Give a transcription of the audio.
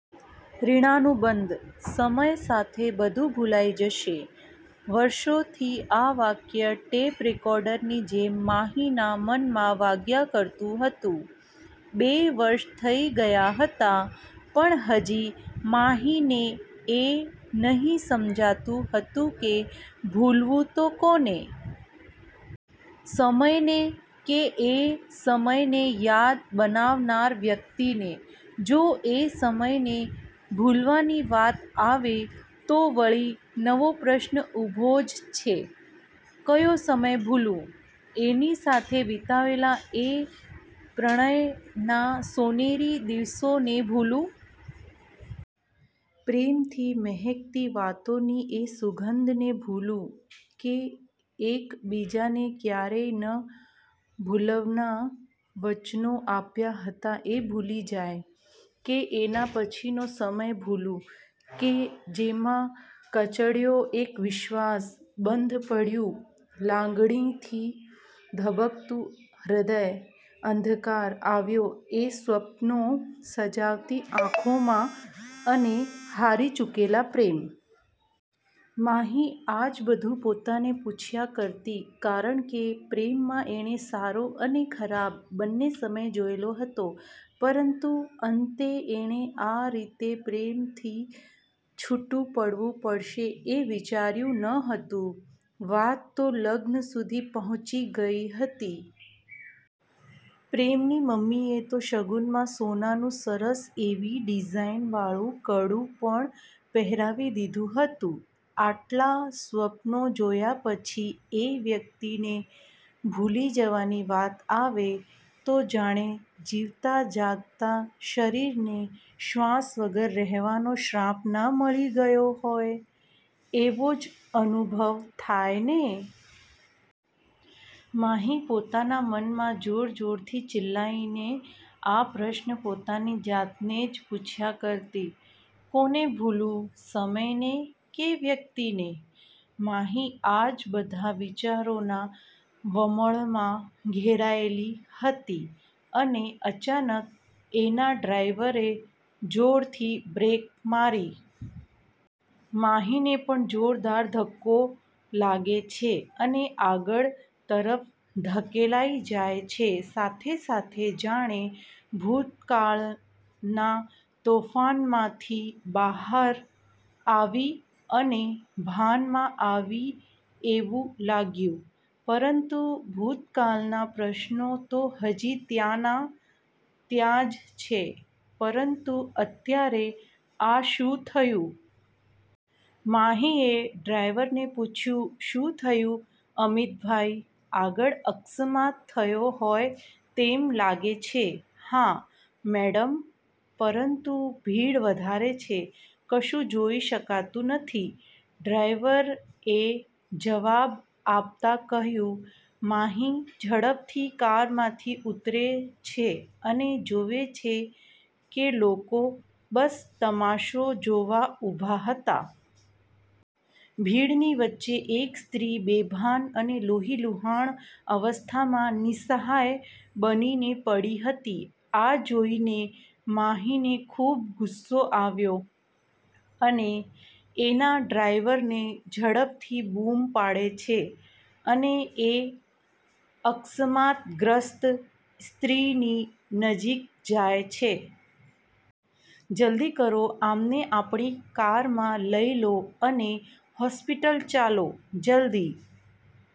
ઋણાનુબંધ: "સમય સાથે બધું ભૂલાઈ જશે" વર્ષોથી આ વાક્ય ટેપ રેકોર્ડર ની જેમ માહી ના મનમાં વાગ્યા કરતુ હતું. બે વર્ષ થઈ ગયાં હતા. પણ હજી માહી ને એ નહી સમજાતું હતું કે ભૂલવું તો કોને? સમય ને, કે એ સમય ને યાદ બનાવનાર વ્યક્તિ ને? જો એ સમય ને ભૂલવાની વાત આવે તો વળી નવો પ્રશ્ન ઊભો જ છે. કયો સમય ભૂલું? એની સાથે વિતાવેલા એ પ્રણય ના સોનેરી દિવસો ને ભૂલું? પ્રેમ થી મહેકતી વાતો ની એ સુગંધ ને ભૂલું? કે એક બીજાને ક્યારેય ન ભૂલવના વચનો આપ્યા હતા એ ભૂલી જાય? કે એના પછી નો સમય ભૂલું? કે જેમાં કચડ્યો એક વિશ્વાસ, બંધ પડ્યું લાગણીથી ધબકતું હૃદય, અંધકાર આવ્યો એ સ્વપનો સજાવતી આંખો માં, અને હારી ચૂકેલો પ્રેમ. માહી આ જ બધું પોતાને પૂછ્યા કરતી. કારણ કે પ્રેમ માં એણે સારો અને ખરાબ બંને સમય જોયેલો હતો, પરંતુ અંતે એણે આ રીતે પ્રેમથી છૂટું પડવું પડશે એ વિચાર્યું ન હતું. વાત તો લગ્ન સુધી પહોંચી ગઈ હતી. પ્રેમ ની મમ્મીએ તો શગુનમાં સોનાનું સરસ એવી ડીઝાઇન વાળું કડું પણ પહેરાવી દીધું હતું. આટલા સ્વપનો જોયા પછી એ વ્યક્તિ ને ભૂલી જવાની વાત આવે તો જાણે જીવતા જાગતા શરીર ને શ્વાસ વગર રહેવાનો શ્રાપ ના મળી ગયો હોય, એવો જ અનુભવ થાય ને. માહી પોતાના મન માં જોર-જોરથી ચિલ્લાઈ ને આ પ્રશ્ન પોતાની જાત ને જ પૂછ્યા કરતી, "કોને ભૂલું? સમય ને કે વ્યક્તિ ને?" માહી આ જ બધા વિચારોના વમળમાં ઘેરાયેલી હતી અને અચાનક એનાં ડ્રાઈવરે જોરથી બ્રેક મારી. માહી ને પણ જોરદાર ધક્કો લાગે છે અને આગળ તરફ ધકેલાઈ જાય છે. સાથે-સાથે જાણે ભૂતકાળના તોફાનમાંથી બહાર આવી અને ભાનમાં આવી એવું લાગ્યું.. પરંતુ ભૂતકાળના પ્રશ્નો તો હજી ત્યાંના ત્યાં જ છે, પરંતુ અત્યારે આ શું થયું? માહી એ ડ્રાઈવર ને પૂછ્યું,"શું થયું અમિતભાઈ? આગળ અકસ્માત થયો હોય તેમ લાગે છે." "હા મેડમ, પરંતુ ભીડ વધારે છે. કશું જોઈ શકાતું નથી." ડ્રાઈવર એ જવાબ આપતા કહ્યું. માહી ઝડપથી કારમાંથી ઉતરે છે અને જોવે છે કે લોકો બસ તમાશો જોવા ઊભા હતા. ભીડ ની વચ્ચે એક સ્ત્રી બેભાન અને લોહીલુહાણ અવસ્થામાં નિ:સહાય બનીને પડી હતી. આ જોઈ ને માહી ને ખૂબ ગુસ્સો આવ્યો અને એના ડ્રાઈવરને ઝડપથી બૂમ પાડે છે, અને એ અકસમાતગ્રસ્ત સ્ત્રીની નજીક જાય છે. "જલ્દી કરો. આમને આપણી કારમા લઇ લો અને હોસ્પિટલ ચાલો, જલ્દી.